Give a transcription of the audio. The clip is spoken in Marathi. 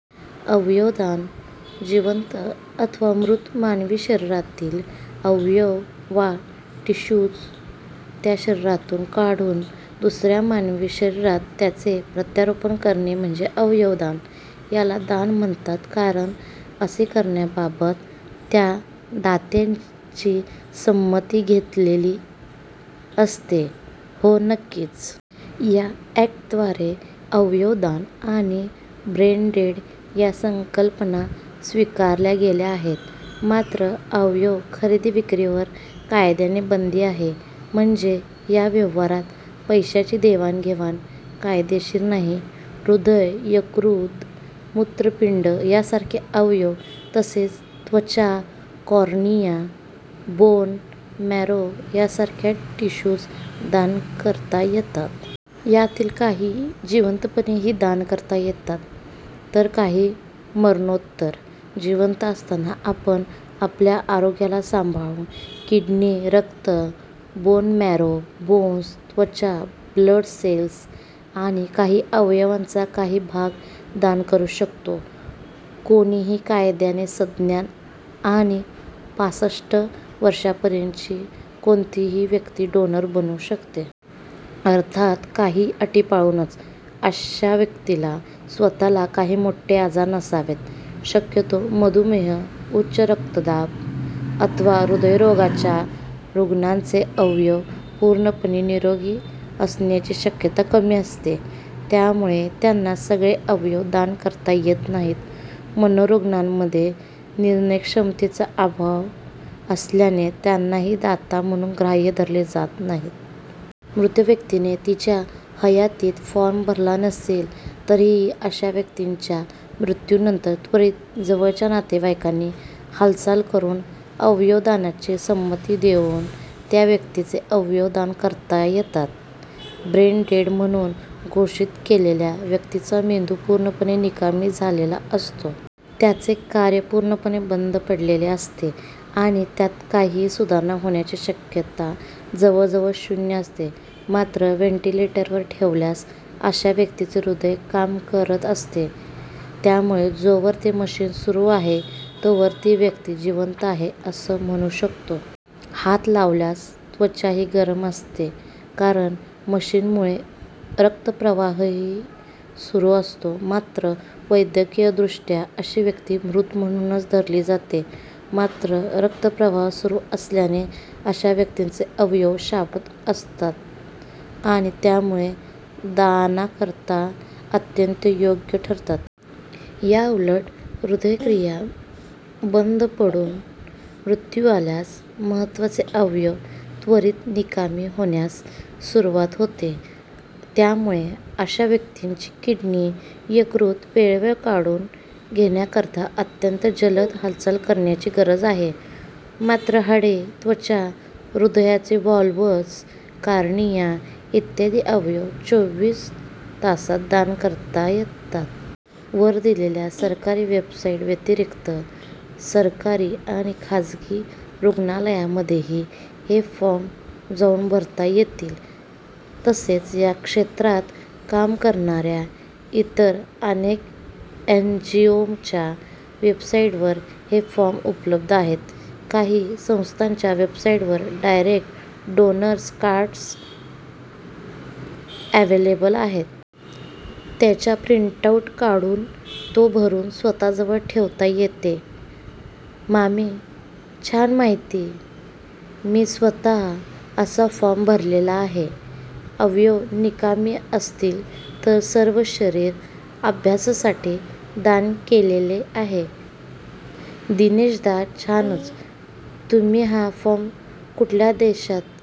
अवयवदान, जिवंत अथवा मृत मानवी शरीरातील अवयव वा टिश्यूज त्या शरीरातून काढून दुसऱ्या मानवी शरीरात त्यांचे प्रत्यारोपण करणे म्हणजे अवयवदान. याला दान म्हणतात कारण असे करण्याबाबत त्या दात्याची संमती घेतलेली असते. हो, नक्कीच. या अॅक्टद्वारे अवयवदान आणि ब्रेनडेड या संकल्पना स्वीकारल्या गेल्या आहेत. मात्र अवयव खरेदी-विक्रीवर कायद्याने बंदी आहे. म्हणजे या व्यवहारात पैशाची देवाणघेवाण कायदेशीर नाही. हृदय, यकृत, मूत्रपिंड यासारखे अवयव तसेच त्वचा, कॉर्निया, बोन मॅरो सारख्या टिश्यूज दान करता येतात. यातील काही जिवंतपणीही दान करता येतात तर काही मरणोत्तर. जिवंत असताना आपण आपल्या आरोग्याला सांभाळून किडनी, रक्त, बोन मॅरो, बोन्स, त्वचा, ब्लड सेल्स आणि काही अवयवांचा काही भाग दान करू शकतो. कोणीही कायद्याने सज्ञान आणि पासष्ट वर्षांपर्यंतची कोणतीही व्यक्ती डोनर बनू शकते. अर्थात काही अटी पाळूनच. अशा व्यक्तीला स्वतःला काही मोठे आजार नसावेत. शक्यतो मधुमेह, उच्चरक्तदाब अथवा हृदयरोगाच्या रुग्णांचे अवयव पूर्णपणे निरोगी असण्याची शक्यता कमी असते. त्यामुळे त्यांना सगळे अवयव दान करता येत नाहीत. मनोरुग्णांमध्ये निर्णयक्षमतेचा अभाव असल्याने त्यांनाही दाता म्हणून ग्राह्य धरले जात नाही. मृत व्यक्तीने तिच्या हयातीत फॉर्म भरला नसेल तरीही अशा व्यक्तीच्या मृत्यूनंतर त्वरीत जवळच्या नातेवाईकांनी हालचाल करून अवयवदानाची संमती देऊन त्या व्यक्तीचे अवयव दान करता येतात. ब्रेन डेड म्हणून घोषित केलेल्या व्यक्तीचा मेंदू पूर्णपणे निकामी झालेला असतो. त्याचे कार्य पूर्णपणे बंद पडलेले असते आणि त्यात काहीही सुधारणा होण्याची शक्यता जवळजवळ शून्य असते. मात्र व्हेंटिलेटरवर ठेवल्यास अशा व्यक्तीचे हृदय काम करत असते. त्यामुळे जोवर ते मशिन सुरू आहे, तोवर ती व्यक्ती जिवंत आहे असं म्हणू शकतो. हात लावल्यास त्वचाही गरम असते कारण मशिनमुळे रक्तप्रवाहही सुरू असतो. मात्र वैद्यकीय दृष्ट्या अशी व्यक्ती मृत म्हणूनच धरली जाते. मात्र रक्तप्रवाह सुरू असल्याने अशा व्यक्तींचे अवयव शाबुत असतात आणि त्यामुळे दानाकरता अत्यंत योग्य ठरतात. याउलट हृदयक्रिया बंद पडून मृत्यू आल्यास महत्त्वाचे अवयव त्वरीत निकामी होण्यास सुरुवात होते. त्यामुळे अशा व्यक्तींची किडनी, यकृत वेळेवर काढून घेण्याकरता अत्यंत जलद हालचाल करण्याची गरज आहे. मात्र हाडे, त्वचा, हृदयाचे व्हाल्व्हज, कॉर्निया इत्यादी अवयव चोवीस तासांत दान करता येतात. वर दिलेल्या सरकारी वेबसाईट व्यतिरिक्त सरकारी आणि खासगी रुग्णालयांमध्येही हे फॉर्म जाऊन भरता येतील. तसेच या क्षेत्रात काम करणाऱ्या इतर अनेक एनजीओजच्या वेबसाईटवर हे फॉर्म्स उपलब्ध आहेत. काही संस्थांच्या वेबसाईटवर डायरेक्ट डोनर्स कार्ड्स अव्हेलेबल आहेत. त्याचा प्रिंटआऊट काढून, तो भरून स्वतःजवळ ठेवता येतं. मामी, छान माहिती. मी स्वतः असा फॉर्म भरलेला आहे. अवयव निकामी असतील तर सर्व शरीर, अभ्यासासाठी दान केलेले आहे. दिनेशदा, छानच. तुम्ही हा फॉर्म कुठल्या देशात